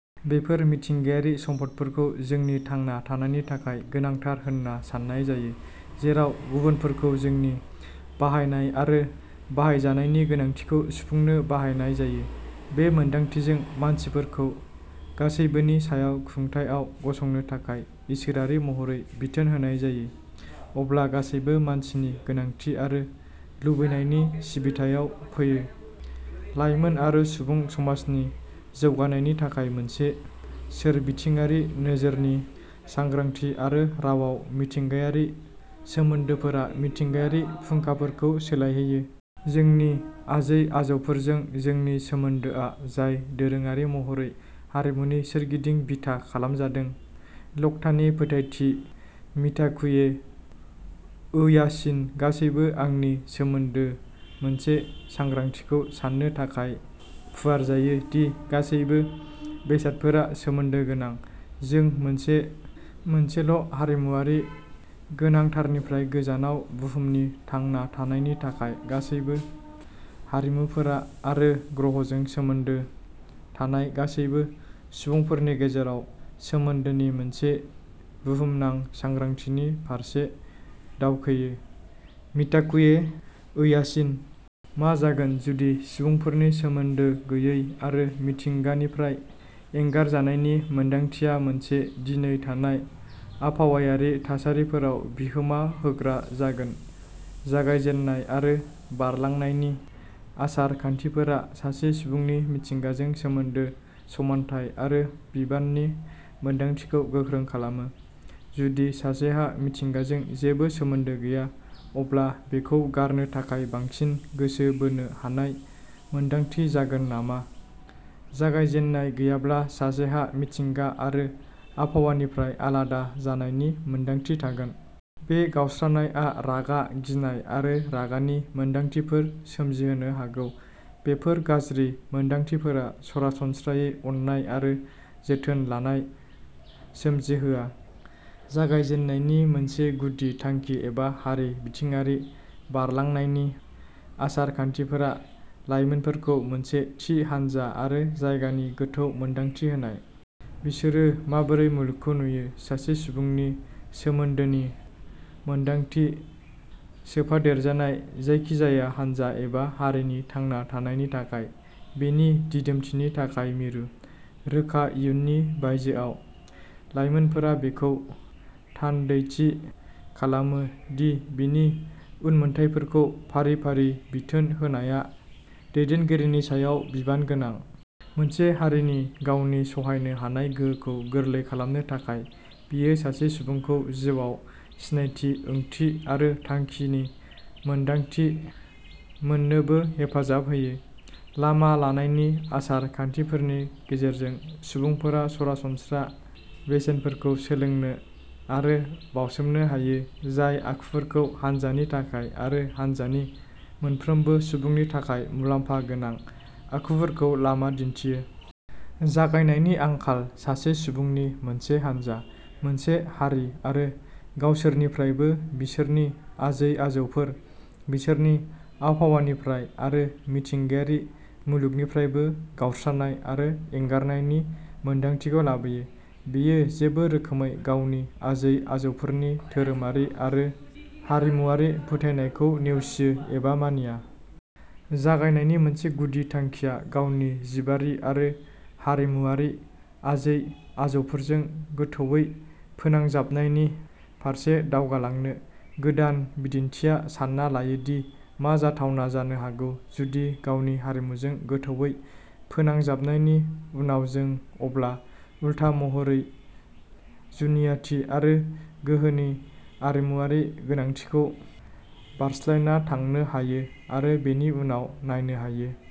बेफोर मिथिंगायारि सम्फदफोरखौ जोंनि थांना थानायनि थाखाय गोनांथार होन्ना सान्नाय जायो, जेराव गुबुनफोरखौ जोंनि बाहायनाय आरो बाहायजानायनि गोनांथिखौ सुफुंनो बाहायनाय जायो। बे मोनदांथिजों, मानसिफोरखौ गासैबोनि सायाव खुंथाइआव गसंनो थाखाय इसोरारि महरै बिथोन होनाय जायो, अब्ला गासैबो मानसिनि गोनांथि आरो लुबैनायनि सिबिथायाव फैयो लायमोन आरो सुबुं समाजनि जौगानायनि थाखाय मोनसे सोरबिथिङारि नोजोरनि सांग्रांथि आरो रावाव मिथिंगायारि सोमोन्दोफोरा मिथिंगायारि फुंखाफोरखौ सोलायहोयो। जोंनि आजै-आजौफोरजों जोंनि सोमोन्दोआ जाय दोरोङारि महरै हारिमुनि सोरगिदिं बिथा खालामजादों, लकटानि फोथायथि मिताकुये ओयासिन गासैबो आंनि सोमोन्दो मोनसे सांग्रांथिखौ सान्नो थाखाय फुवारजायो दि गासैबो बेसादफोरा सोमोन्दो गोनां। जों मोनसे मोनसेल'हारिमुआरि गोनांथारनिफ्राय गोजानाव बुहुमनि थांना थानायनि थाखाय गासैबो हारिमुफोर आरो ग्रहजों सोमोन्दो थानाय गासैबो सुबुंफोरनि गेजेराव सोमोन्दोनि मोनसे बुहुमनां सांग्रांथिनि फारसे दावखोयो, मिताकुये ओयासिन। मा जागोन जुदि सुबुंफोरनि सोमोन्दो गैयै आरो मिथिंगानिफ्राय एंगारजानायनि मोनदांथिया मोनसे दिनै थानाय आबहावायारि थासारिफोराव बिहोमा होग्रा जाहोन जागायजेननाय आरो बारलांनायनि आसार-खान्थिफोरा सासे सुबुंनि मिथिंगाजों सोमोन्दो, समानथाय आरो बिबाननि मोनदांथिखौ गोख्रों खालामो। जुदि सासेहा मिथिंगाजों जेबो सोमोन्दो गैया, अब्ला बेखौ गारनो थाखाय बांसिन गोसो बोनो हानाय मोन्दांथि जागोन नामा जागायजेननाय गैयाब्ला सासेहा मिथिंगा आरो आबहावानिफ्राय आलादा जानायनि मोनदांथि थागोन। बे गावस्रानायआ रागा, गिनाय आरो रागानि मोनदांथिफोर सोमजिहोनो हागौ। बेफोर गाज्रि मोनदांथिफोरा सरासनस्रायै अननाय आरो जोथोन लानाय सोमजिहोआ। जागायजेन्नायनि मोनसे गुदि थांखि एबा हारि बिथायारि बारलांनायनि आसार-खान्थिफोरा, लाइमोनफोरखौ मोनसे थि हानजा आरो जायगानि गोथौ मोनदांथि होनाय। बिसोरो माबोरै मुलुगखौ नुयो। सासे सुबुंनि सोमोन्दोनि मोनदांथि सोफादेरजानाय जायखिजाया हानजा एबा हारिनि थांना थानायनि थाखाय, बेनि दिदोमथिनि थाखाय मिरु। रोखा इयुननि बायजोआव, लाइमोनफोरा बेखौ थान्दैथि खालामो दि बिनि उनमोनथायखौ फारि-फारि बिथोन होनाया दैदेनगिरिनि सायाव बिबान गोनां। मोनसे हारिनि गावनि सहायनो हानाय गोहोखौ गोरलै खालामनो थाखाय। बेयो सासे सुबुंखौ जिउआव सिनायथि, ओंथि आरो थांखिनि मोनदांथि मोननोबो हेफाजाब होयो। लामा लानायनि आसार-खान्थिफोरनि गेजेरजों सुबुंफोरा सरासनस्रा बेसेनफोरखौ सोलोंनो आरो बाउसोमनो हायो, जाय आखुफोरखौ हान्जानि थाखाय आरो हान्जानि मोनफ्रोमबो सुबुंनि थाखाय मुलाम्फा गोनां आखुफोरखौ लामा दिन्थियो। जागायनायनि आंखाल सासे सुबुंनि मोनसे हानजा, मोनसे हारि आरो गावसोरनिफ्रायबो, बिसोरनि आजै-आजौफोर, बिसोरनि आबहावानिफ्राय आरो मिथिंगायारि मुलुगनिफ्रायबो गावस्रानाय आरो एंगारनायनि मोनदांथिखौ लाबोयो। बेयो जेबो रोखोमै गावनि आजै-आजौफोरनि धोरोमारि आरो हारिमुआरि फोथायनायखौ नेवसियो एबा मानिया। जागायनायनि मोनसे गुदि थांखिया गावनि जिबारि आरो हारिमुआरि आजै-आजौफोरजों गोथौवै फोनांजाबनायनि फारसे दावगालांनो। गोदान बिदिनथिया सान्ना लायो दि मा जाथावना जानो हागौ जुदि गावनि हारिमुजों गोथौवै फोनांजाबनायनि उनाव जों अब्ला, उल्था महरै, जुनियाथि आरो गोहोनि हारिमुआरि गोनांथिखौ बारस्लायना थांनो हायो आरो बेनि उनाव नायनो हायो।